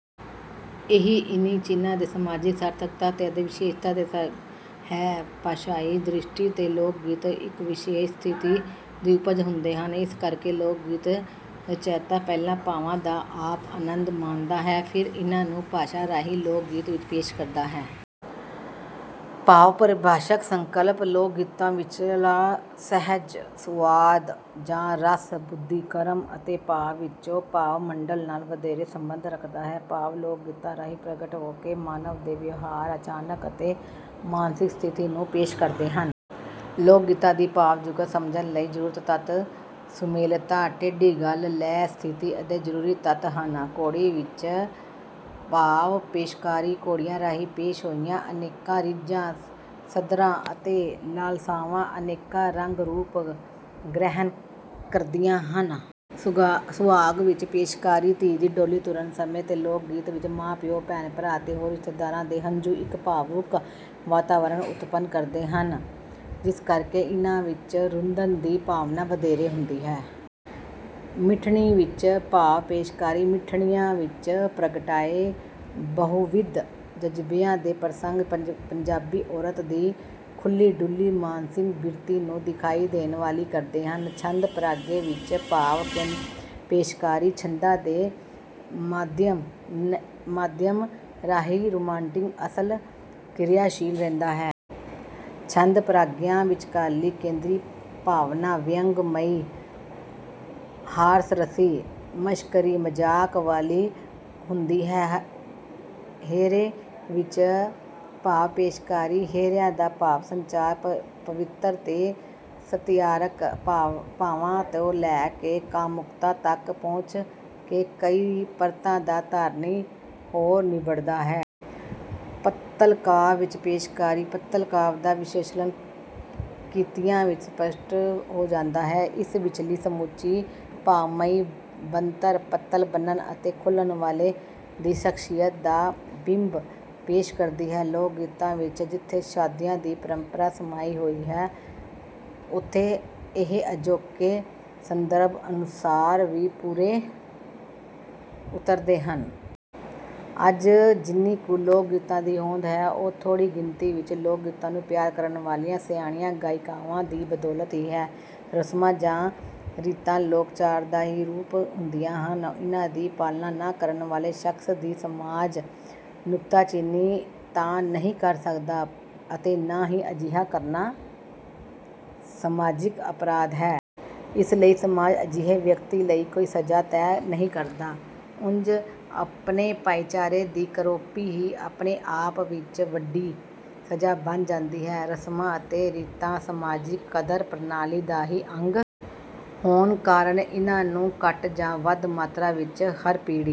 ਇਹੀ ਇਨ੍ਹਾਂ ਚਿੰਨ੍ਹਾਂ ਦੀ ਸਮਾਜਿਕ ਸਾਰਥਕਤਾ ਅਤੇ ਵਿਸ਼ੇਸ਼ਤਾ ਹੈ। ਭਾਸ਼ਾਈ ਦ੍ਰਿਸ਼ਟੀ ਤੋਂ ਲੋਕਗੀਤ ਇੱਕ ਵਿਸ਼ੇਸ਼ ਸਥਿਤੀ ਦੀ ਉਪਜ ਹੁੰਦੇ ਹਨ। ਇਸ ਕਰਕੇ ਲੋਕਗੀਤ ਰਚੈਤਾ ਪਹਿਲਾਂ ਭਾਵਾਂ ਦਾ ਆਪ ਆਨੰਦ ਮਾਣਦਾ ਹੈ, ਫਿਰ ਇਨ੍ਹਾਂ ਨੂੰ ਭਾਸ਼ਾ ਰਾਹੀਂ ਲੋਕਗੀਤ ਵਿੱਚ ਪੇਸ਼ ਕਰਦਾ ਹੈ। ਭਾਵ-ਪਰਿਭਾਸ਼ਕ ਸੰਕਲਪ: ਲੋਕਗੀਤਾਂ ਵਿਚਲਾ ਸਿਹਜ, ਸੁਆਦ ਜਾਂ ਰਸ ਬੁੱਧੀ, ਕਰਮ ਅਤੇ ਭਾਵ ਵਿੱਚੋਂ ਭਾਵ-ਮੰਡਲ ਨਾਲ ਵਧੇਰੇ ਸੰਬੰਧ ਰੱਖਦਾ ਹੈ। ਭਾਵ ਲੋਕਗੀਤਾਂ ਰਾਹੀਂ ਪ੍ਰਗਟ ਹੋ ਕੇ ਮਾਨਵ ਦੇ ਵਿਵਹਾਰ, ਆਚਰਨ ਅਤੇ ਮਾਨਸਿਕ ਸਥਿਤੀ ਨੂੰ ਪੇਸ਼ ਕਰਦੇ ਹਨ। ਲੋਕਗੀਤਾਂ ਦੀ ਭਾਵ-ਜੁਗਤ ਸਮਝਣ ਲਈ ਜ਼ਰੂਰੀ ਤੱਤ: ਸੁਮੇਲਤਾ, ਟੇਢੀ ਗੱਲ, ਲੈਅ, ਸਥਿਤੀ ਆਦਿ ਜ਼ਰੂਰੀ ਤੱਤ ਹਨ। ਘੋੜੀ ਵਿੱਚ ਭਾਵ-ਪੇਸ਼ਕਾਰੀ: ਘੋੜੀਆਂ ਰਾਹੀਂ ਪੇਸ਼ ਹੋਈਆਂ ਅਨੇਕਾਂ ਰੀਝਾਂ, ਸੱਧਰਾਂ ਅਤੇ ਲਾਲਸਾਵਾਂ ਅਨੇਕਾਂ ਰੰਗ-ਰੂਪ ਗ੍ਰਹਿਣ ਕਰਦੀਆਂ ਹਨ। ਸੁਹਾਗ ਵਿੱਚ ਪੇਸ਼ਕਾਰੀ: ਧੀ ਦੀ ਡੋਲੀ ਤੁਰਨ ਸਮੇਂ ਦੇ ਲੋਕਗੀਤ ਵਿੱਚ ਮਾਂ-ਪਿਓ, ਭੈਣ-ਭਰਾ ਅਤੇ ਹੋਰ ਰਿਸ਼ਤੇਦਾਰਾਂ ਦੇ ਹੰਝੂ ਇੱਕ ਭਾਵੁਕ ਵਾਤਾਵਰਣ ਉਤਪੰਨ ਕਰਦੇ ਹਨ, ਜਿਸ ਕਰਕੇ ਇਹਨਾਂ ਵਿੱਚ ਰੁੰਦਨ ਦੀ ਭਾਵਨਾ ਵਧੇਰੇ ਹੁੰਦੀ ਹੈ। ਮਿੱਠਣੀ ਵਿੱਚ ਭਾਵ-ਪੇਸ਼ਕਾਰੀ: ਮਿੱਠਣੀਆਂ ਵਿੱਚ ਪ੍ਰਗਟਾਏ ਬਹੁਵਿਧ ਜਜ਼ਬਿਆਂ ਦੇ ਪ੍ਰਸੰਗ ਪੰਜਾਬੀ ਔਰਤ ਦੀ ਖੁੱਲ੍ਹੀ-ਡੁੱਲ੍ਹੀ ਮਾਨਸਿਕ ਬਿਰਤੀ ਨੂੰ ਦਿਖਾਈ ਦੇਣ ਵਾਲੀ ਕਰਦੇ ਹਨ। ਛੰਦ ਪਰਾਗੇ ਵਿੱਚ ਭਾਵ-ਪੇਸ਼ਕਾਰੀ: ਛੰਦਾਂ ਦੇ ਮਾਧਿਅਮ ਰਾਹੀਂ ਰੁਮਾਂਟਿਕ ਅਸਲ ਕਿਰਿਆਸ਼ੀਲ ਰਹਿੰਦਾ ਹੈ। ਛੰਦ ਪਰਾਗਿਆਂ ਵਿਚਕਾਰਲੀ ਕੇਂਦਰੀ ਭਾਵਨਾ ਵਿਅੰਗਮਈ, ਹਾਸਰਸੀ, ਮਸ਼ਕਰੀ, ਮਜ਼ਾਕ ਵਾਲੀ ਹੁੰਦੀ ਹੈ। ਹੇਅਰੇ ਵਿੱਚ ਭਾਵ-ਪੇਸ਼ਕਾਰੀ: ਹੇਅਰਿਆਂ ਦਾ ਭਾਵ-ਸੰਚਾਰ ਪਵਿੱਤਰ ਅਤੇ ਸਤਿਆਰਤ ਭਾਵਾਂ ਤੋਂ ਲੈ ਕੇ ਕਾਮੁਕਤਾ ਤੱਕ ਪਹੁੰਚ ਕੇ ਕਈ ਪਰਤਾਂ ਦਾ ਧਾਰਨੀ ਹੋ ਨਿਬੜਦਾ ਹੈ। ਪੱਤਲ ਕਾਵਿ ਵਿੱਚ ਭਾਵ-ਪੇਸ਼ਕਾਰੀ: ਪੱਤਲ ਕਾਵਿ ਦਾ ਵਿਸ਼ਲੇਸ਼ਣ ਕੀਤਿਆਂ ਵਿਚ ਸਪੱਸ਼ਟ ਹੋ ਜਾਂਦਾ ਹੈ ਇਸ ਵਿਚਲੀ ਸਮੁੱਚੀ ਭਾਵਮਈ ਬਣਤਰ ਪੱਤਲ ਬੰਨ੍ਹਣ ਅਤੇ ਖੋਲ੍ਹਣ ਵਾਲੇ ਦੀ ਸ਼ਖਸੀਅਤ ਦਾ ਬਿੰਬ ਪੇਸ਼ ਕਰਦੀ ਹੈ। ਲੋਕਗੀਤਾਂ ਵਿੱਚ ਜਿੱਥੇ ਸਾ਼ਦੀਆਂ ਦੀ ਪਰੰਪਰਾ ਸਮਾਈ ਹੋਈ ਹੈ, ਉੱਥੇ ਇਹ ਅਜੋਕੇ ਸੰਦਰਭ ਅਨੁਸਾਰ ਵੀ ਪੂਰੇ ਉਤਰਦੇ ਹਨ। ਅੱਜ ਜਿੰਨੀ ਕੁ ਲੋਕਗੀਤਾਂ ਦੀ ਹੋਂਦ ਹੈ, ਉਹ ਥੋੜ੍ਹੀ ਗਿਣਤੀ ਵਿੱਚ ਲੋਕਗੀਤਾਂ ਨੂੰ ਪਿਆਰ ਕਰਨ ਵਾਲੀਆਂ ਸਿਆਣੀਆਂ, ਗਾਇਕਾਵਾਂ ਦੀ ਬਦੌਲਤ ਹੀ ਹੈ। 'ਰਸਮਾਂ ਜਾਂ ਰੀਤਾਂ' ਲੋਕਾਚਾਰ ਦਾ ਹੀ ਰੂਪ ਹੁੰਦੀਆਂ ਹਨ। ਇਨ੍ਹਾਂ ਦੀ ਪਾਲਣਾ ਨਾ ਕਰਨ ਵਾਲੇ ਸ਼ਖਸ ਦੀ ਸਮਾਜ ਨੁਕਤਾਚੀਨੀ ਤਾਂ ਨਹੀਂ ਕਰ ਸਕਦਾ ਅਤੇ ਨਾ ਹੀ ਅਜਿਹਾ ਕਰਨਾ 'ਸਮਾਜਿਕ ਅਪਰਾਧ' ਹੈ। ਇਸ ਲਈ ਸਮਾਜ ਅਜਿਹੇ ਵਿਅਕਤੀ ਲਈ ਕੋਈ ਸਜ਼ਾ ਤੈਅ ਨਹੀਂ ਕਰਦਾ। ਉਂਜ ਆਪਣੇ ਭਾਈਚਾਰੇ ਦੀ ਕਰੋਪੀ ਹੀ ਆਪਣੇ ਆਪ ਵਿੱਚ ਵੱਡੀ ਸਜ਼ਾ ਬਣ ਜਾਂਦੀ ਹੈ। ਰਸਮਾਂ ਅਤੇ ਰੀਤਾਂ ਸਮਾਜਿਕ ਕਦਰ-ਪ੍ਰਣਾਲੀ ਦਾ ਹੀ ਅੰਗ ਹੋਣ ਕਾਰਨ ਇਨ੍ਹਾਂ ਨੂੰ ਘੱਟ ਜਾਂ ਵੱਧ ਮਾਤਰਾ ਵਿੱਚ ਹਰ ਪੀੜ੍ਹੀ